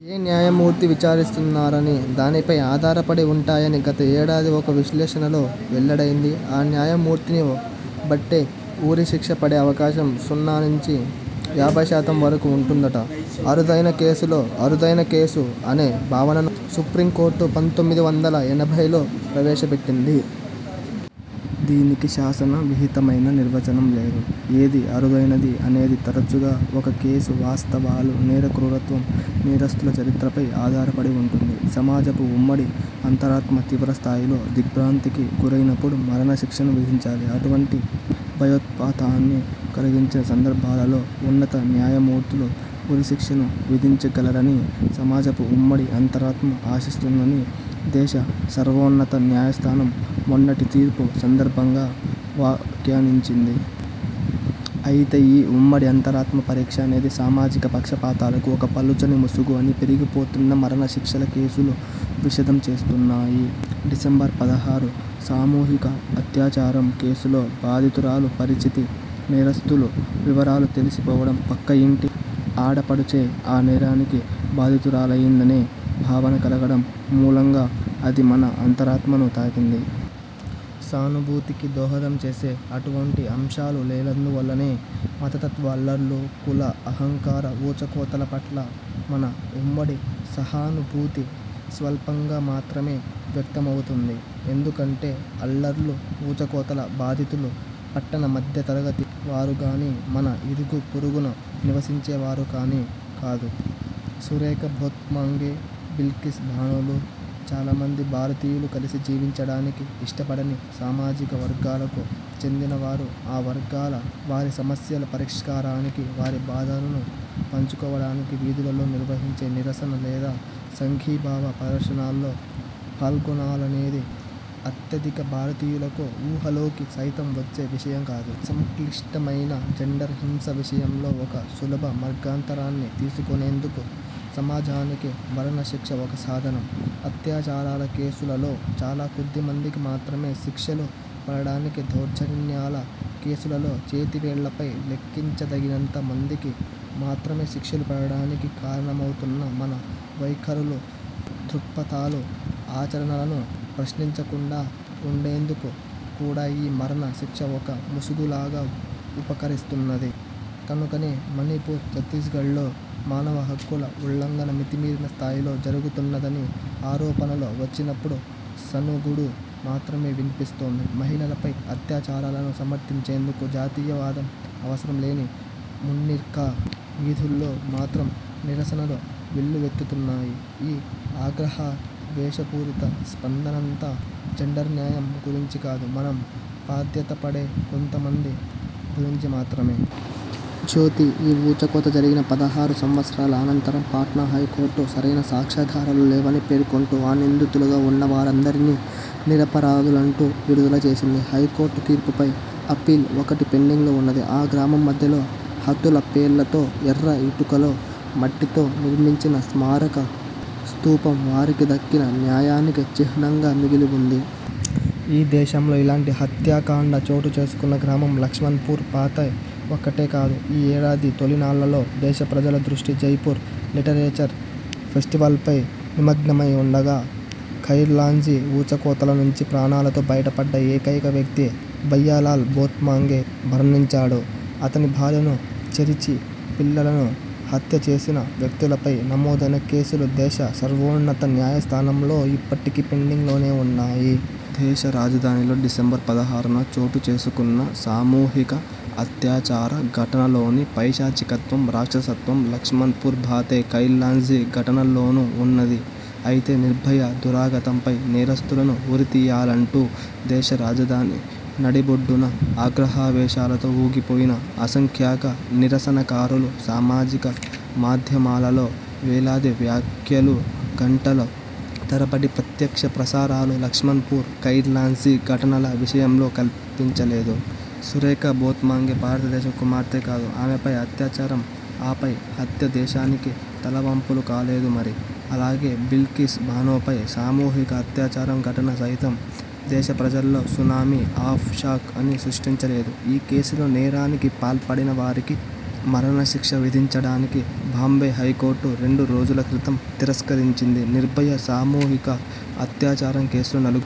ఏ న్యాయమూర్తి విచారిస్తున్నారనీ దానిపై ఆధారపడి ఉంటాయని గత ఏడాది ఒక విశ్లేషణలో వెల్లడయింది. ఆ న్యాయమూర్తిని బట్టే ఉరిశిక్ష పడే అవకాశం సున్నా నుంచి యాభైశాతం వరకూ ఉంటుందట. 'అరుదైన కేసులో అరుదైన కేసు' అనే భావనను సుప్రీంకోర్టు పంతొమ్మిది వందల ఎనభైలో ప్రవేశపెట్టింది. దీనికి శాసన విహితమైన నిర్వచనం లేదు. ఏది అరుదైనది అనేది తరచుగా ఒక కేసు వాస్తవాలు, నేర క్రూరత్వం, నేరస్థుల చరిత్ర పై ఆధారపడి వుంటుంది. 'సమాజపు ఉమ్మడి అంతరాత్మ తీవ్రస్థాయిలో దిగ్భ్రాంతికి గురయినప్పుడు మరణశిక్షను విధించాలి. అటువంటి భయోత్పాతాన్ని కల్గించిన సందర్భాలలో ఉన్నత న్యాయమూర్తులు ఉరిశిక్షను విధించగలరని సమాజపు ఉమ్మడి అంతరాత్మ ఆశిస్తుందని' దేశ సర్వోన్నత న్యాయస్థానం మొన్నటి తీర్పు సందర్భంగా వ్యాఖ్యానించింది. అయితే ఈ 'ఉమ్మడి అంతరాత్మ పరీక్ష' అనేది సామాజిక పక్షపాతాలకు ఒక పలుచని ముసుగు అని పెరిగిపోతున్న మరణ శిక్షల కేసులు విశదం చేస్తున్నాయి. డిసెంబర్ పదహారు సామూహిక అత్యాచారం కేసులో బాధితురాలు పరిచితి, నేరస్థులు వివరాలు తెలిసిపోవడం, పక్క ఇంటి ఆడపడుచే ఆ నేరానికి బాధితురాలయిందనే భావన కలగడం మూలంగ, అది మన అంతరాత్మను తాకింది. సానుభూతికి దోహదం చేసే అటువంటి అంశాలు లేనందువల్లనే మతతత్వ అల్లర్లు, కుల అహంకార ఊచకోతల పట్ల మన ఉమ్మడి సహానుభూతి స్వల్పంగా మాత్రమే వ్యక్తమవుతుంది. ఎందుకంటే అల్లర్లు, ఊచకోతల బాధితులు పట్టణ మధ్యతరగతి వారు గానీ, మన ఇరుగు పొరుగున నివసించే వారు గానీ కాదు. సురేఖా భోత్మాంగే, బిల్కిస్ బానోలు చాలా మంది భారతీయులు కలసి జీవించడానికి ఇష్టపడని సామాజిక వర్గాలకు చెందినవారు. ఆ వర్గాల వారి సమస్యల పరిష్కారానికి, వారి బాధలను పంచుకోవడానికి వీధులలో నిర్వహించే నిరసన లేదా సంఘీభావ ప్రదర్శనల్లో పాల్గొనాలనేది అత్యధిక భారతీయులకు ఊహలోకి సైతం వచ్చే విషయం కాదు. సంక్లిష్టమైన జెండర్ హింస విషయంలో ఒక సులభ మార్గాంతరాన్ని తీసుకొనేందుకు సమాజానికి మరణ శిక్ష ఒక సాధనం. అత్యాచారాల కేసులలో చాలాకొద్ది మందికి మాత్రమే శిక్షలు పడడానికీ, దౌర్జన్యాల కేసులలో చేతివేళ్ళపై లెక్కించదగినంత మందికి మాత్రమే శిక్షలు పడడానికి కారణమవుతున్న మన వైఖరులు, దృక్పథాలు, ఆచరణలను ప్రశ్నించకుండా వుండేందుకు కూడా ఈ మరణ శిక్ష ఒక ముసుగులాగా ఉపకరిస్తున్నది. కనుకనే మణిపూర్, ఛత్తీస్గఢ్లో మానవ హక్కుల ఉల్లంఘన మితిమీరిన స్థాయిలో జరుగుతున్నదని ఆరోపణలు వచ్చినప్పుడు సణుగుడు మాత్రమే విన్పిస్తోంది. మహిళలపై అత్యాచారాలను సమర్థించేందుకు జాతీయవాదం అవసరం లేని మునిర్కా వీథుల్లో మాత్రం నిరసనలు వెల్లువెత్తుతున్నాయి. ఈ ఆగ్రహావేశపూరిత స్పందనంతా జెండర్ న్యాయం గురించి కాదు మనం బాధ్యతపడే కొంతమంది గురించి మాత్రమే. జ్యోతి ఈ ఊచకోత జరిగిన పదహారు సంవత్సరాల అనంతరం పాట్నా హైకోర్టు, సరైన సాక్ష్యాధారాలు లేవని పేర్కొంటూ ఆ నిందితులుగా వున్నవారినందరినీ నిరపరాధులంటూ విడుదల చేసింది. హైకోర్టు తీర్పుపై అప్పీల్ ఒకటి పెండింగ్లో ఉన్నది. ఆ గ్రామం మధ్యలో హతుల పేర్లతో ఎర్ర ఇటుకలు, మట్టితో నిర్మించిన స్మారక స్తూపం వారికి దక్కిన న్యాయానికి చిహ్నంగా మిగిలి వుంది. ఈ దేశంలో ఇలాంటి హత్యాకాండ చోటుచేసుకున్న గ్రామం లక్షణ్పూర్ బాతే ఒక్కటే కాదు. ఈ ఏడాది తొలినాళ్ళలో దేశ ప్రజల దృష్టి జైపూర్ లిటరేచర్ ఫెస్టివల్పై నిమగ్నమై వుండగా, ఖైర్లాంజీ ఊచకోతల నుంచి ప్రాణాలతో బయటపడ్డ ఏకైక వ్యక్తి భయ్యాలాల్ భోత్మాంగే మరణించాడు. అతని భార్యను చెరిచి, పిల్లలను హత్య చేసిన వ్యక్తులపై నమోదైన కేసులు దేశ సర్వోన్నత న్యాయస్థానంలో ఇప్పటికీ పెండింగ్లోనే వున్నాయి. దేశ రాజధానిలో డిసెంబర్ పదహారున చోటుచేసుకున్న సామూహిక అత్యాచార ఘటనలోని పైశాచికత్వం, రాక్షసత్వం లక్ష్మణ్పూర్ బాతే, ఖైర్లాంజీ ఘటనల్లోనూ ఉన్నది. అయితే 'నిర్భయ' దురాగతంపై నేరస్థులను ఉరితీయాలంటూ దేశ రాజధాని నడిబొడ్డున ఆగ్రహావేశాలతో ఊగిపోయిన అసంఖ్యాక నిరసనకారులు, సామాజిక మాధ్యమాలలో వేలాది వ్యాఖ్యలు, గంటల తరబడి ప్రత్యక్ష ప్రసారాలు లక్ష్మణ్పూర్, ఖైర్లాంజీ ఘటనల విషయంలో కన్పించలేదు. సురేఖా భోత్మాంగే భారతదేశపు కుమార్తె కాదు ఆమెపై అత్యాచారం, ఆపై హత్య దేశానికి తలవంపులు కాలేదు మరి. అలాగే, బిల్కిస్ బానోపై సామూహిక అత్యాచారం ఘటన సైతం దేశప్రజల్లో 'సునామీ ఆఫ్ షాక్'ని సృష్టించలేదు. ఈ కేసులో నేరానికి పాల్పడిన వారికి మరణశిక్ష విధించడానికి బాంబే హైకోర్టు రెండు రోజుల క్రితం తిరస్కరించింది. 'నిర్భయ' సామూహిక అత్యాచారం కేసులో నలుగురు